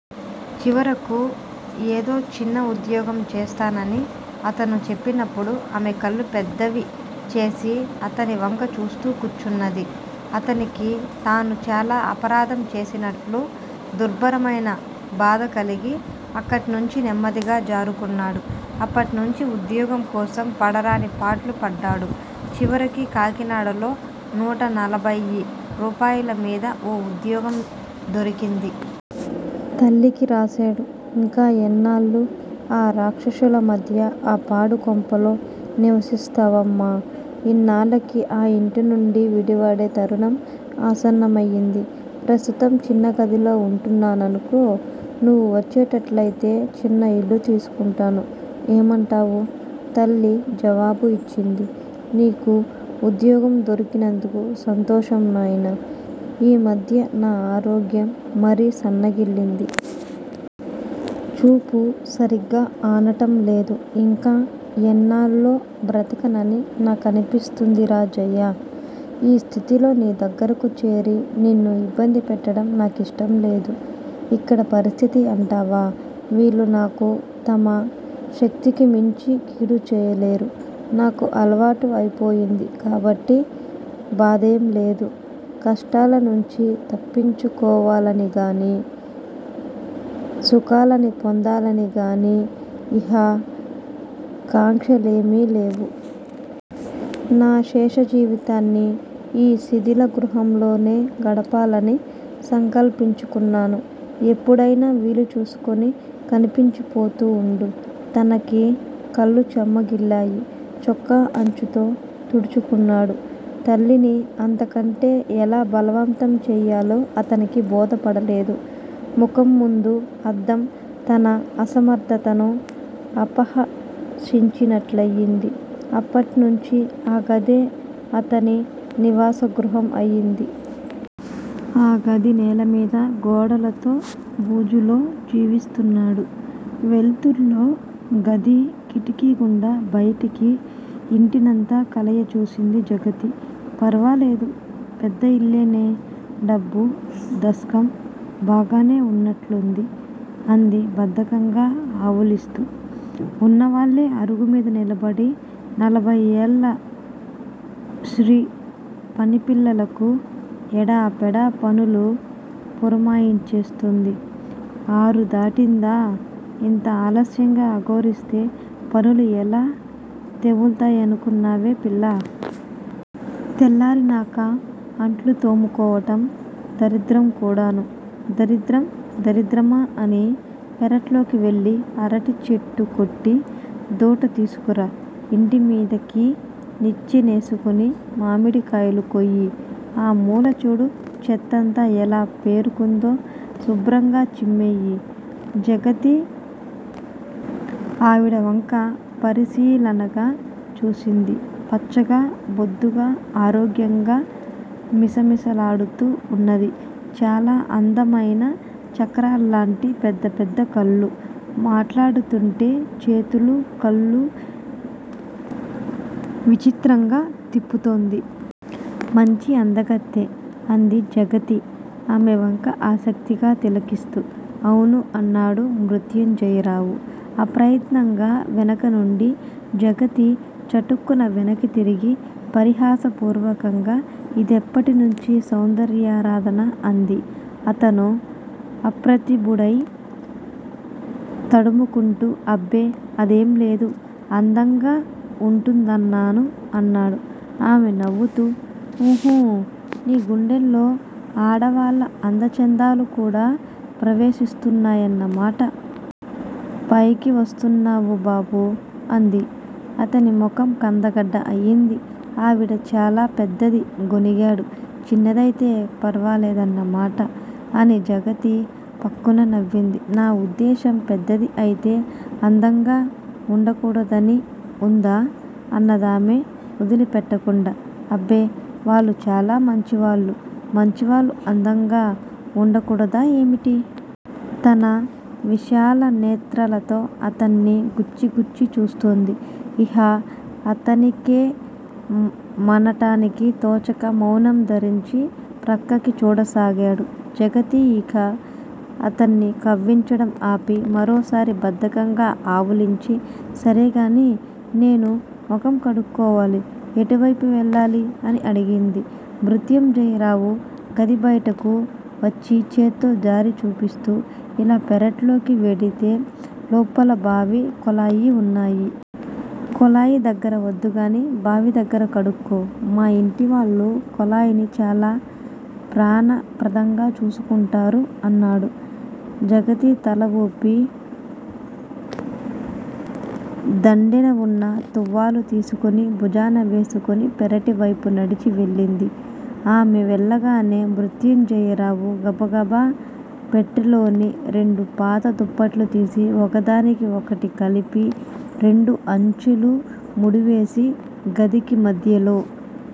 చివరకు ఏదో చిన్న ఉద్యోగం చేస్తానని అతను చెప్పినప్పుడు ఆమెకళ్ళు పెద్దవిచేసి అతనివంక చూస్తూ కూచున్నది. అతనికి తాను చాలా అపరాధం చేసినట్లు దుర్భరమైన బాధకలిగి అక్కడ్నుంచి నెమ్మదిగా జారుకున్నాడు. అప్పట్నుంచీ ఉద్యోగంకోసం పడరాని పాట్లు పడ్డాడు. చివరికి కాకినాడలో నూటనలభయి రూపాయలమీద ఓ ఉద్యోగం దొరికింది. తల్లికి రాశాడు. ఇంకా ఎన్నాళ్ళు ఆ రాక్షసులమధ్య ఆ పాడుకొంపలో నివసిస్తావు అమ్మా! ఇనాళ్ళకి ఆ యింటినుండి విడివడే తరుణం ఆసన్నమయింది. ప్రస్తుతం చిన్నగదిలో వుంటున్నాననుకో. నువ్వు వచ్చేట్లయితే చిన్నయిల్లు తీసుకుంటాను. ఏమంటావు? తల్లి జవాబు యిచ్చింది. నీకు ఉద్యోగం దొరికినందుకు సంతోషం నాయనా! ఈమధ్య నా ఆరోగ్యం మరీ సన్నగిల్లింది. చూపూ సరిగ్గా ఆనటం లేదు. ఇంకా ఎన్నాళ్ళో బ్రతకనని నాకనిపిస్తున్నదిరా జయా! ఈ స్థితిలో నీ దగ్గరకు చేరి నిన్ను యిబ్బందిపెట్టటం నాకిష్టంలేదు. ఇక్కడ పరిస్థితి అంటావా? వీళ్ళు నాకు తమ శక్తికిమించి కీడు చేయలేరు. నాకు అలవాటు అయిపోయింది కాబట్టి బాధేంలేదు. కష్టాలనుంచి తప్పించుకోవాలనిగాని, సుఖాలని పొందాలనిగాని యిహ కాంక్షలేమీ లేవు. నా శేషజీవితాన్ని యీ శిథిలగృహంలోనే గడపాలని సంకల్పించుకున్నాను. ఎప్పుడైనా వీలుచూసుకుని కనిపించిపోతూ వుండు. తనకి కళ్ళు చెమ్మగిల్లాయి. చొక్కా అంచుతో తుడుచుకున్నాడు. తల్లిని అంతకంటే ఎలా బలవంతం చెయ్యాలో అతనికి బోధపడలేదు. ముఖంముందు అద్దం తన అసమర్థతను అపహసించినట్లయింది. అప్పట్నుంచీ ఆ గదే అతని నివాసగృహం అయింది. ఆ గది నేలమీద, గోడలతో బూజులో జీవిస్తున్నాడు. వెల్తురులో గది కిటికీగుండా బయటి యింటినంతా కలయచూసింది జగతి. ఫర్వాలేదు. పెద్దయిల్లేనే. డబ్బూ, దస్కం బాగానే వున్నట్లుంది అంది బద్ధకంగా ఆవులిస్తూ. ఉన్నవాళ్ళే అరుగుమీద నిలబడి నలభైఏళ్ళ స్త్రీ పనిపిల్లలకు ఎడాపెడా పన్లు పురమాయించేస్తుంది. ఆరుదాటిందా? యింత ఆలస్యంగా అఘోరిస్తే పనులు ఎలా తెముల్తాయనుకున్నావే పిల్లా! తెల్లారినాక అంట్లు తోముకోవటం దరిద్రంకూడానూ. దరిద్రం దరిద్రమా అని. పెరట్లోకి వెళ్లి అరిటిచెట్టుకొట్టి దూట తీసుకురా. ఇంటిమీదికి నిచ్చెనేసుకుని మామిడికాయలు కొయ్యి. ఆ మూలచూడు. చెత్తంతా యెలా పేరుకుందో? శుభ్రంగా చిమ్మెయ్యి. జగతి ఆవిడవంక పరిశీలనగా చూసింది. పచ్చగా, బొద్దుగా, ఆరోగ్యంగా మిసమిసలాడుతూ వున్నది. చాలా అందమైన చక్రాల్లాంటి పెద్దపెద్ద కళ్ళు, మాట్లాడుతూంటే చేతులూ, కళ్ళూ విచిత్రంగా తిప్పుతోంది. మంచి అందగత్తె అంది జగతి ఆమెవంక ఆసక్తిగా తిలకిస్తూ. అవును అన్నాడు మృత్యుంజయరావు అప్రయత్నంగా వెనకనుండి. జగతి చటుక్కున వెనక్కి తిరిగి పరిహాసపూర్వకంగా యిదెప్పటినుంచీ సౌందర్యారాధన అంది. అతను అప్రతిభుడై తడుముకుంటూ అబ్బే. అదేంలేదు. అందంగా వుంటుందన్నాను అన్నాడు. ఆమె నవ్వుతూ, ఊహూఁ, నీ గుండెల్లో ఆడవాళ్ళ అందచందాలు కూడా ప్రవేశిస్తున్నాయన్నమాట. పైకి వస్తున్నావు బాబూ! అంది. అతనిముఖం కందగడ్డ అయింది. ఆవిడ చాలా పెద్దది గొణిగాడు. చిన్నది అయితే ఫర్వాలేదన్నమాట అని జగతి ఫక్కున నవ్వింది. నా ఉద్దేశ్యం పెద్దది అయితే అందంగా వుండకూడదని వుందా? అన్నదామె వొదిలిపెట్టకుండా. అబ్బే, వాళ్ళు చాలా మంచివాళ్ళు. మంచివాళ్ళు అందంగా వుండకూడదా ఏమిటి? తన విశాలనేత్రలతో అతన్ని గుచ్చిగుచ్చి చూస్తోంది. ఇహ అతనికేమనటానికీ తోచక మౌనం ధరించి ప్రక్కకి చూడసాగాడు. జగతి ఇక అతన్ని కవ్వించటం ఆపి, మరోసారి బద్ధకంగా ఆవులించి సరేగాని, నేను మొహం కడుక్కోవాలి. ఎటువైపు వెళ్ళాలి? అని అడిగింది. మృత్యుంజయరావు గదిబయటకు వచ్చి చేత్తో దారి చూపిస్తూ ఇలా పెరట్లోకి వెడితే లోపల బావీ, కొళాయీ వున్నాయి. కొళాయి దగ్గర వద్దుగానీ, బావిదగ్గర కడుక్కో. మా యింటివాళ్ళు కొళాయిని చాలా ప్రాణప్రదంగా చూసుకుంటారు అన్నాడు. జగతి తల ఊపి, దండేనవున్న తువ్వాలు తీసుకుని భుజాన వేసుకుని, పెరటివైపు నడిచి వెళ్ళింది. ఆమె వెళ్ళగానే మృత్యుంజయరావు గబగబ పెట్టెలోని రెండు పాతదుప్పట్లు తీసి ఒకదానికి ఒకటి కలిపి రెండు అంచులూ ముడివేసి, గదికి మధ్యలో